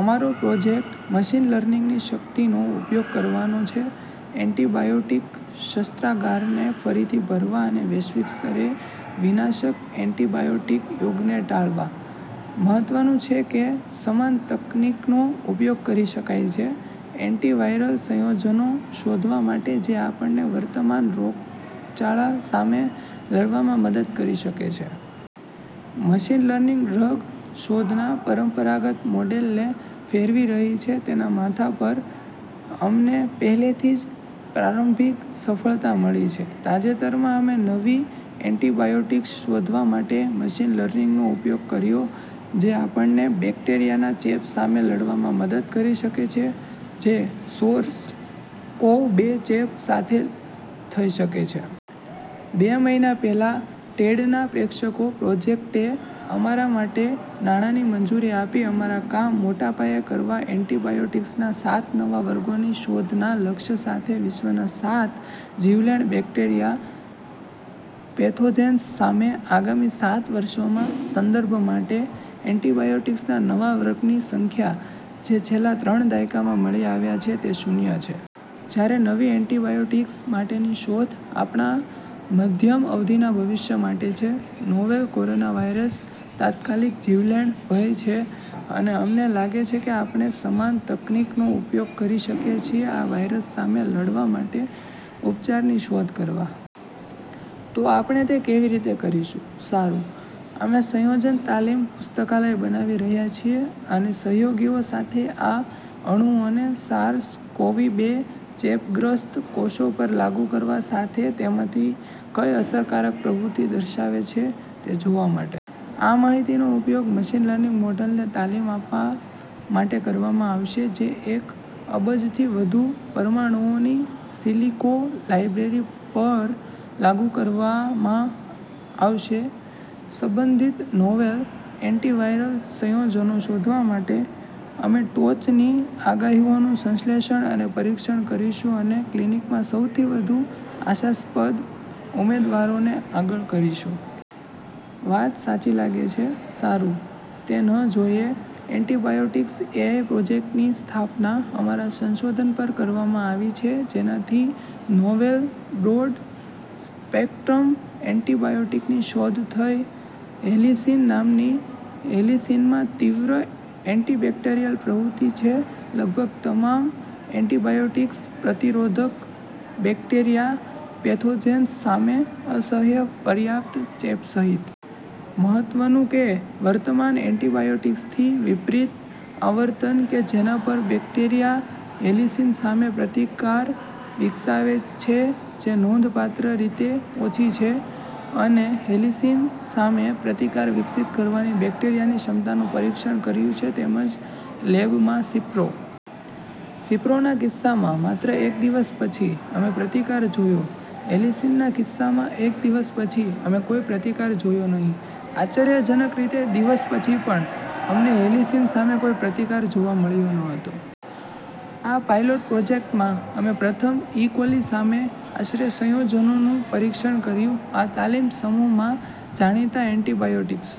અમારો project machine લર્નિંગની શક્તિનો ઉપયોગ કરવાનો છે એન્ટિબાયોટિક શસ્ત્રાગારને ફરીથી ભરવા અને વૈશ્વિક સ્તરે વિનાશક એન્ટીબાયોટીક યુગને ટાળવા. મહત્વનું છે કે, સમાન તકનીકનો ઉપયોગ કરી શકાય છે એન્ટિવાયરલ સંયોજનો શોધવા માટે જે આપણને વર્તમાન રોગચાળા સામે લડવામાં મદદ કરી શકે છે. મશીન લર્નિંગ ડ્રગ શોધના પરંપરાગત મોડેલને ફેરવી રહી છે તેના માથા પર. અમને પહેલેથી જ પ્રારંભિક સફળતા મળી છે. તાજેતરમાં, અમે નવી એન્ટિબાયોટિક્સ શોધવા માટે મશીન લર્નિંગનો ઉપયોગ કર્યો જે આપણને બેક્ટેરિયાના ચેપ સામે લડવામાં મદદ કરી શકે છે જે સોર્સ-કોવ-બે ચેપ સાથે થઈ શકે છે. બે મહિના પહેલા, ટેડના પ્રેક્ષકો પ્રોજેક્ટે અમારા માટે નાણાંની મંજૂરી આપી અમારા કામ મોટા પાયે કરવા એન્ટિબાયોટિક્સના સાત નવા વર્ગોની શોધના લક્ષ્ય સાથે વિશ્વના સાત જીવલેણ બેક્ટેરિયા પેથોજેન્સ સામે આગામી સાત વર્ષોમાં. સંદર્ભ માટે: એન્ટિબાયોટિક્સના નવા વર્ગની સંખ્યા જે છેલ્લા ત્રણ દાયકામાં મળી આવ્યા છે તે શૂન્ય છે. જ્યારે નવી એન્ટિબાયોટિક્સ માટેની શોધ આપણા મધ્યમ-અવધિના ભવિષ્ય માટે છે, નોવેલ કોરોનાવાયરસ તાત્કાલિક જીવલેણ ભય છે, અને અમને લાગે છે કે આપણે સમાન તકનીકનો ઉપયોગ કરી શકીએ છીએ આ વાયરસ સામે લડવા માટે ઉપચારની શોધ કરવા. તો આપણે તે કેવી રીતે કરીશું? સારું, અમે સંયોજન તાલીમ પુસ્તકાલય બનાવી રહ્યા છીએ અને સહયોગીઓ સાથે આ અણુઓને સાર્સ-કોવી-બે ચેપગ્રસ્ત કોષો પર લાગુ કરવા સાથે તેમાંથી કઈ અસરકારક પ્રવૃત્તિ દર્શાવે છે તે જોવા માટે. આ માહિતીનો ઉપયોગ મશીન લર્નિંગ મોડેલને તાલીમ આપવા માટે કરવામાં આવશે જે એક અબજથી વધુ પરમાણુઓની સિલિકો લાઇબ્રેરી પર લાગુ કરવામાં આવશે સબંધિત નોવેલ એન્ટિવાયરલ સંયોજનો શોધવા માટે. અમે ટોચની આગાહીઓનું સંશ્લેષણ અને પરીક્ષણ કરીશું અને ક્લિનિકમાં સૌથી વધુ આશાસ્પદ ઉમેદવારોને આગળ કરીશું. વાત સાચી લાગે છે? સારું, તે ન જોઈએ. એન્ટિબાયોટિક્સ એઆઈ પ્રોજેક્ટની સ્થાપના અમારા સંશોધન પર કરવામાં આવી છે જેનાથી નોવેલ બ્રોડ-સ્પેક્ટ્રમ એન્ટીબાયોટીકની શોધ થઈ હેલિસિન નામની.. હેલિસિનમાં તીવ્ર એન્ટિબેક્ટેરિયલ પ્રવૃત્તિ છે લગભગ તમામ એન્ટીબાયોટીક-પ્રતિરોધક બેક્ટેરિયા પેથોજેન્સ સામે, અસહ્ય પર્યાપ્ત ચેપ સહિત. મહત્વનું કે, વર્તમાન એન્ટીબાયોટીક્સથી વિપરીત, આવર્તન કે જેના પર બેક્ટેરિયા હેલિસિન સામે પ્રતિકાર વિકસાવે છે જે નોંધપાત્ર રીતે ઓછી છે. અમે હેલિસિન સામે પ્રતિકાર વિકસિત કરવાની બેક્ટેરિયાની ક્ષમતાનું પરીક્ષણ કર્યું છે તેમજ લેબમાં સિપ્રો. સિપ્રોના કિસ્સામાં, માત્ર એક દિવસ પછી, અમે પ્રતિકાર જોયો. હેલિસિનના કિસ્સામાં, એક દિવસ પછી, અમે કોઈ પ્રતિકાર જોયો નહીં. આશ્ચર્યજનક રીતે, દિવસ પછી પણ, અમને હેલિસિન સામે કોઈ પ્રતિકાર જોવા મળ્યો ન હતો. આ પાયલોટ પ્રોજેક્ટમાં, અમે પ્રથમ ઇ કોલી સામે આશરે સંયોજનોનું પરીક્ષણ કર્યું. આ તાલીમ સમૂહમાં જાણીતા એન્ટીબાયોટીક્સ,